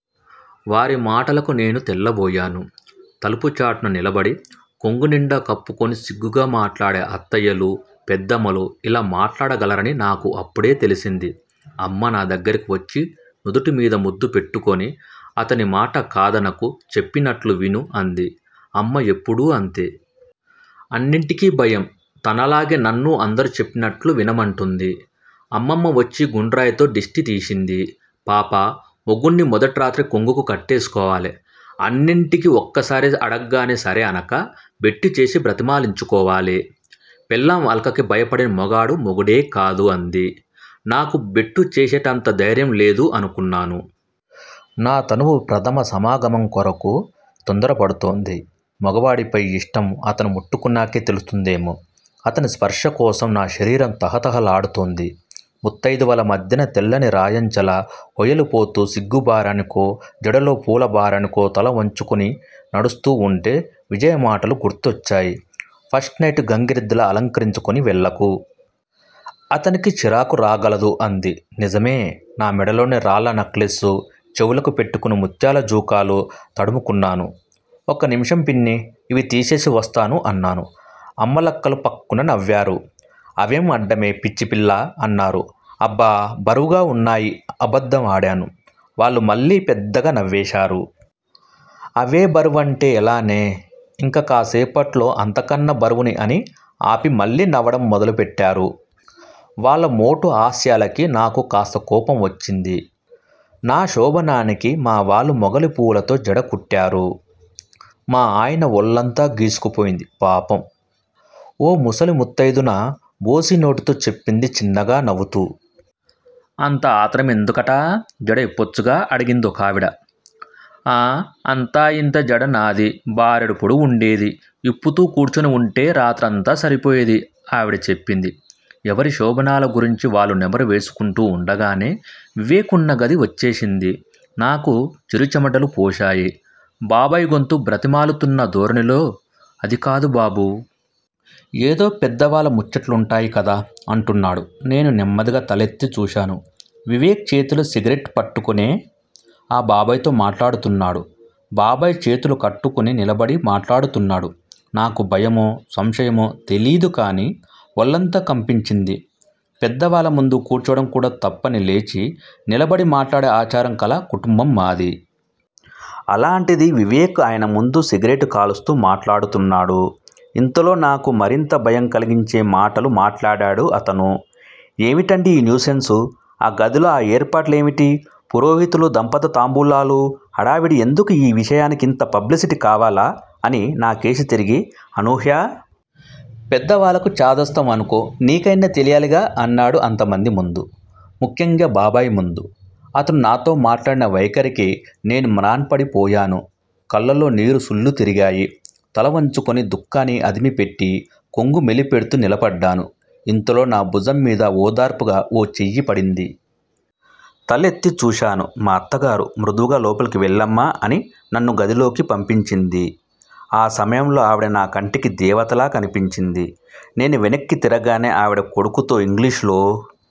వారి మాటలకి నేను తెల్లబోయాను. తలుపు చాటున నిలబడి, కొంగునిండా కప్పుకుని సిగ్గుగా మాట్లాడే అత్తయ్యలూ, పెద్దమ్మలూ ఇలా మాట్లాడగలరని నాకు అప్పడే తెలిసింది. అమ్మ నా దగ్గరికి వచ్చి నుదుటిమీద ముద్దు పెట్టుకుని అతనిమాట కాదనకు చెప్పినట్లు విను అంది. అమ్మ ఎప్పడూ అంతే. అన్నింటికి భయం. తనలాగే నన్నూ అందరు చెప్పినట్లు వినమంటుంది. అమ్మమ్మ వచ్చి గుండ్రాయితో దిష్టి తీసింది. పాపా! మొగుడ్ని మొదటిరాత్రే కొంగుకి కట్టేసుకోవాలి. అన్నింటికి ఒక్క సారే అడగగానే సరే అనక! బెట్టుచేసి బ్రతిమాలించుకోవాలి. పెళ్ళాం అలకకి భయపడని మగాడు మొగుడే కాదు! అంది. 'నాకు బెట్టుచేసేటంత దైర్యం లేదు' అనుకున్నాను. నా తనువు ప్రథమ సమాగమంకొరకు తొందరపడుతోంది. మగవాడిపై ఇష్టం అతను ముట్టుకున్నకే తెలుస్తుందేమో! అతని స్పర్శకోసం నా శరీరం తహతహలాడుతోంది. ముత్తయిదువల మధ్యన తెల్లని రాయంచలా హోయలుపోతూ సిగ్గు బారానికో, జడలో పూల భారనికో తల వంచుకుని నడుస్తూ వుంటే విజయ మాటలు గుర్తొచ్చాయి. 'ఫస్ట్ నైట్ గంగిరెద్దులా అలకరించుకుని వెళ్ళకు! అతనికి చిరాకు రాగలదు' అంది. నిజమే! నా మెడలోని రాళ్ళ నెక్లెసు చెవులకి పెట్టుకున్న ముత్యాల జూకాలూ తడుముకున్నాను. ఒక్కనిమిషం పిన్ని! ఇవి తీసేసి వస్తాను అన్నాను. అమ్మలక్కలు ఫక్కున నవ్వారు. అవేం అడ్డమే పిచ్చిపిల్లా? అన్నారు. అబ్బ! బరువుగా వున్నాయి అబద్దం ఆడాను. వాళ్ళు మళ్ళీ పెద్దగా నవ్వేశారు. అవేబరువంటే ఎలానే? ఇంక కాసేపట్లో అంతకన్నా బరువుని అని ఆపిమళ్ళీ నవ్వడం మొదలు పెట్టారు. వాళ్ళ మోటు హాస్యాలకి నాకు కాస్త కోపం వచ్చింది. నా శోభనానికి మావాళ్ళు మొగలిపూలతో జడకుట్టారు. మా ఆయన ఒళ్ళంతా గీసుకుపోయింది పాపం! ఓ ముసలి ముత్తయిదున బోసినోటితో చెప్పింది చిన్నగా నవ్వుతూ. అంత ఆత్రమెందుకటా? జడ ఇప్పచ్చుగా? అడిగిందొకావిడ. ఆ అంతా ఇంతా జడ నాది? బారెడు పొడవుండేది ఇప్పుతూ కూర్చునివుంటే రాత్రంతా సరిపోయేది! ఆవిడ చెప్పింది. ఎవరి శోభనాల గురించి వాళ్ళు నెమరు వేసుకుంటూ వుండగానే, వివేక్ వున్న గది వచ్చేసింది. నాకు చిరుచెమటలు పోశాయి. బాబాయ్ గొంతు బ్రతిమాలుతున్న ధోరణిలో అదికాదు బాబూ! ఏదో పెద్దవాళ్ళ ముచ్చటలుంటాయి కదా! అంటున్నాడు. నేను నెమ్మదిగా తలెత్తి చూశాను. వివేక్ చేతిలో సిగరెట్ పట్టుకునే, ఆ బాబాయ్ తో మాట్లాడుతున్నాడు. బాబాయ్ చేతులు కట్టుకుని నిలబడి మాట్లాడుతున్నాడు. నాకు భయమో, సంశయమో తెలీదుకానీ ఒళ్ళంతా కంపించింది పెద్దవాళ్ళ ముందు కూర్చోవడంకూడా తప్పని లేచి నిలబడి మాట్లాడే ఆచారం కళ కుటుంబం మాది! అలాంటిది వివేక్ ఆయనముందు సిగరెట్ కాలుస్తూ మాట్లాడుతున్నాడు! ఇంతలో నాకు మరింత భయం కలిగించే మాటలు మాట్లాడాడు అతను. ఏవిటండి ఈ న్యూసెన్స్? ఆ గదిలో ఆ ఏర్పాట్లు ఏమిటి? పురోహితులూ, దంపత తాంబూలాలూ, హడావిడి ఎందుకూ? ఈ విషయానికి ఇంత పబ్లిసిటి కావాలా? అని నాకేసి తిరిగి- అనూహ్యా! పెద్దవాళ్ళకు చాదస్తం అనుకో నీకైనా తెలియాలిగా! అన్నాడు. అంతమంది ముందు, ముఖ్యంగా బాబాయ్ ముందు అతను నాతో మాట్లాడిన వైఖరికి నేను మ్రాన్పడి పోయాను. కళ్ళల్లో నీరు సుళ్లు తిరిగాయి. తలవంచుకుని దుఃఖాన్ని అదిమిపెట్టి, కొంగు మెలిపెడ్తూ నిలబడ్డాను. ఇంతలో నా భుజంమీద ఓదార్పుగా ఓ చెయ్యి పడింది. తల ఎత్తి చూశాను. మా అత్తగారు మృదువుగా లోపలికి వెళ్ళమా అని నన్ను గదిలోకి పంపించింది. ఆ సమయంలో ఆవిడ నా కంటికి దేవతలా కనిపించింది. నేను వెనక్కి తిరగగానే ఆవిడ కొడుకుతో ఇంగ్లీషులో-